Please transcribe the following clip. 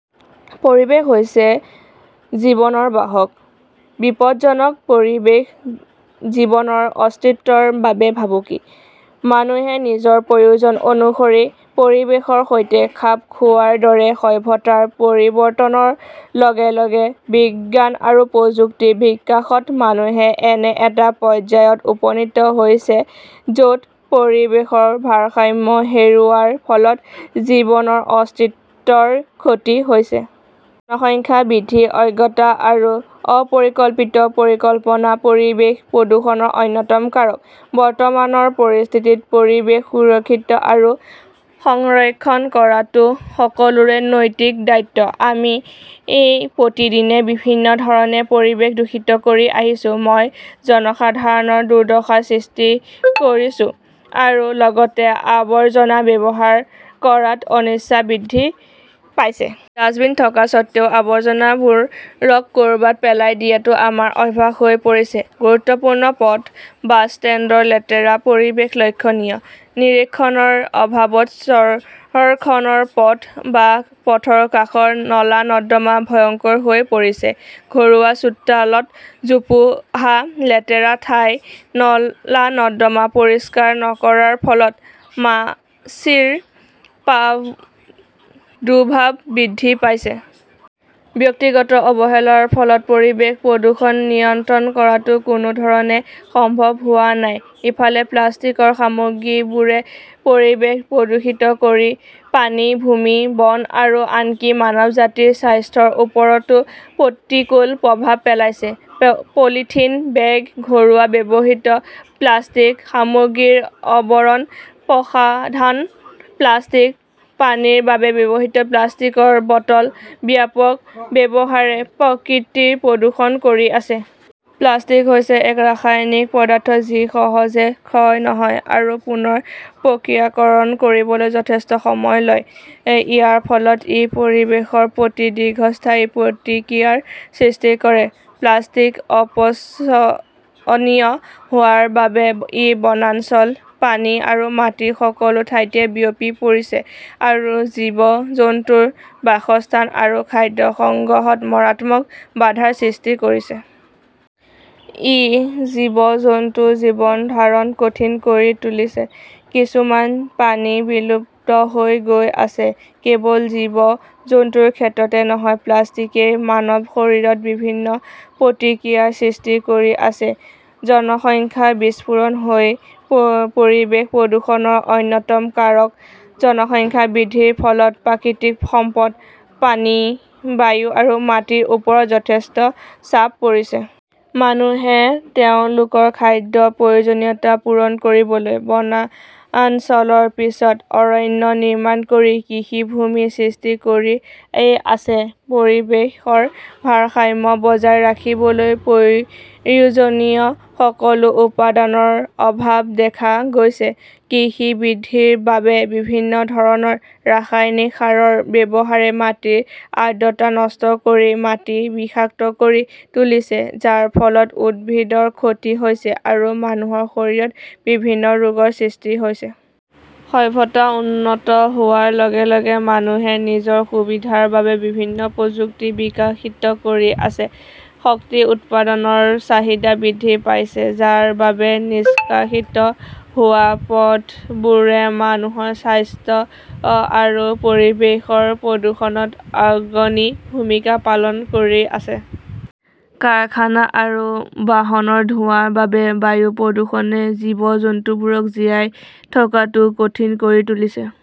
পৰিৱেশ হৈছে জীৱনৰ বাহক। বিপদজনক পৰিৱেশ জীৱনৰ অস্তিত্বৰ বাবে ভাবুকি। মানুহে নিজৰ প্ৰয়োজন অনুসৰি পৰিৱেশৰ সৈতে খাপ খোৱাৰ দৰে, সভ্যতাৰ পৰিৱৰ্তনৰ লগে লগে বিজ্ঞান আৰু প্ৰযুক্তিৰ বিকাশত মানুহে এনে এটা পৰ্যায়ত উপনীত হৈছে য 'ত পৰিৱেশৰ ভাৰসাম্য হেৰুওৱাৰ ফলত জীৱনৰ অস্তিত্বৰ ক্ষতি হৈছে। জনসংখ্যা বৃদ্ধি, অজ্ঞতা আৰু অপৰিকল্পিত পৰিকল্পনা পৰিৱেশ প্ৰদূষণৰ অন্যতম কাৰক। বৰ্তমানৰ পৰিস্থিতিত পৰিৱেশ সুৰক্ষিত আৰু সংৰক্ষণ কৰাটো সকলোৰে নৈতিক দায়িত্ব। আমি প্ৰতিদিনে বিভিন্ন ধৰণে পৰিৱেশ দূষিত কৰি আহিছো। মই জনসাধাৰণৰ দুৰ্দশাৰ সৃষ্টি কৰিছো, আৰু লগতে আৱৰ্জনা ব্যৱহাৰ কৰাত অনিচ্ছা বৃদ্ধি পাইছে। ডাস্টবিন থকা স্বত্বেও আৱৰ্জনাবোৰ ক 'ৰবাত পেলাই দিয়াটো আমাৰ অভ্যাস হৈ পৰিছে। গুৰুত্বপূৰ্ণ পথ, বাছ ষ্টেণ্ডৰ লেতেৰা পৰিৱেশ লক্ষণীয়। নিৰীক্ষণৰ অভাৱত চহৰখনৰ পথ বা পথৰ কাষৰ নলা-নৰ্দমা ভয়ংকৰ হৈ পৰিছে। ঘৰুৱা চোতালত জোপোহা, লেতেৰা ঠাই, নলা-নৰ্দমা পৰিষ্কাৰ নকৰাৰ ফলত মাছিৰ প্ৰাদুৰ্ভাৱ বৃদ্ধি পাইছে। ব্যক্তিগত অৱহেলাৰ ফলত পৰিৱেশ প্ৰদূষণ নিয়ন্ত্ৰণ কৰাটো কোনো ধৰণে সম্ভৱ হোৱা নাই। ইফালে, প্লাষ্টিকৰ সামগ্ৰীবোৰে পৰিৱেশ প্ৰদূষিত কৰি পানী, ভূমি, বন আৰু আনকি মানৱজাতিৰ স্বাস্থ্যৰ ওপৰতো প্ৰতিকূল প্ৰভাৱ পেলাইছে। পলিথিন বেগ, ঘৰুৱা ব্যৱহৃত প্লাষ্টিক, সামগ্ৰীৰ আৱৰণ, প্ৰসাধন প্লাষ্টিক, পানীৰ বাবে ব্যৱহৃত প্লাষ্টিকৰ বটলৰ ব্যাপক ব্যৱহাৰে প্ৰকৃতি প্ৰদূষিত কৰি আছে। প্লাষ্টিক হৈছে এক ৰাসায়নিক পদাৰ্থ, যি সহজে ক্ষয় নহয় আৰু পুনৰ প্ৰক্ৰিয়াকৰণ কৰিবলৈ যথেষ্ট সময় লয়। ইয়াৰ ফলত ই পৰিৱেশৰ প্ৰতি দীৰ্ঘস্থায়ী প্ৰতিক্ৰিয়াৰ সৃষ্টি কৰে। প্লাষ্টিক অপচনীয় হোৱাৰ বাবে ই বনাঞ্চল, পানী আৰু মাটিৰ সকলো ঠাইতে বিয়পি পৰিছে আৰু জীৱ-জন্তুৰ বাসস্থান আৰু খাদ্য গ্ৰহণত মাৰাত্মক বাধাৰ সৃষ্টি কৰিছে। ই জীৱ-জন্তুৰ জীৱন ধাৰণ কঠিন কৰি তুলিছে। কিছুমান প্ৰাণী বিলুপ্ত হৈ গৈ আছে। কেৱল জীৱ-জন্তুৰ ক্ষেত্ৰতে নহয়, প্লাষ্টিকই মানৱ শৰীৰত বিভিন্ন প্ৰতিক্ৰিয়াৰ সৃষ্টি কৰি আছে। জনসংখ্যা বিস্ফোৰণ হৈছে পৰিৱেশ প্ৰদূষণৰ অন্যতম কাৰক। জনসংখ্যা বৃদ্ধিৰ ফলত প্ৰাকৃতিক সম্পদ, পানী, বায়ু আৰু মাটিৰ ওপৰত যথেষ্ট চাপ পৰিছে। মানুহে তেওঁলোকৰ খাদ্যৰ প্ৰয়োজনীয়তা পূৰণ কৰিবলৈ বনাঞ্চলৰ পিছত অৰণ্য নিৰ্মাণ কৰি কৃষিভূমি সৃষ্টি কৰি আছে। পৰিৱেশৰ ভাৰসাম্য বজাই ৰাখিবলৈ প্ৰয়োজনীয় সকলো উপাদানৰ অভাৱ দেখা গৈছে। কৃষি বৃদ্ধিৰ বাবে বিভিন্ন ধৰণৰ ৰাসায়নিক সাৰৰ ব্যৱহাৰে মাটিৰ আৰ্দ্ৰতা নষ্ট কৰি মাটি বিষাক্ত কৰি তুলিছে, যাৰ ফলত উদ্ভিদৰ ক্ষতি হৈছে আৰু মানুহৰ শৰীৰত বিভিন্ন ৰোগৰ সৃষ্টি হৈছে। সভ্যতা উন্নত হোৱাৰ লগে লগে মানুহে নিজৰ সুবিধাৰ বাবে বিভিন্ন প্ৰযুক্তি বিকশিত কৰি আছে, শক্তি উৎপাদনৰ চাহিদা বৃদ্ধি পাইছে, যাৰ পৰা নিষ্কাশিত হোৱা পদাৰ্থবোৰে মানুহৰ স্বাস্থ্য আৰু পৰিৱেশৰ প্ৰদূষণত অগ্ৰণী ভূমিকা পালন কৰি আছে। কাৰখানা আৰু বাহনৰ ধোঁৱাৰ বাবে বায়ু প্ৰদূষণে জীৱ-জন্তুবোৰক জীয়াই থকাটো কঠিন কৰি তুলিছে।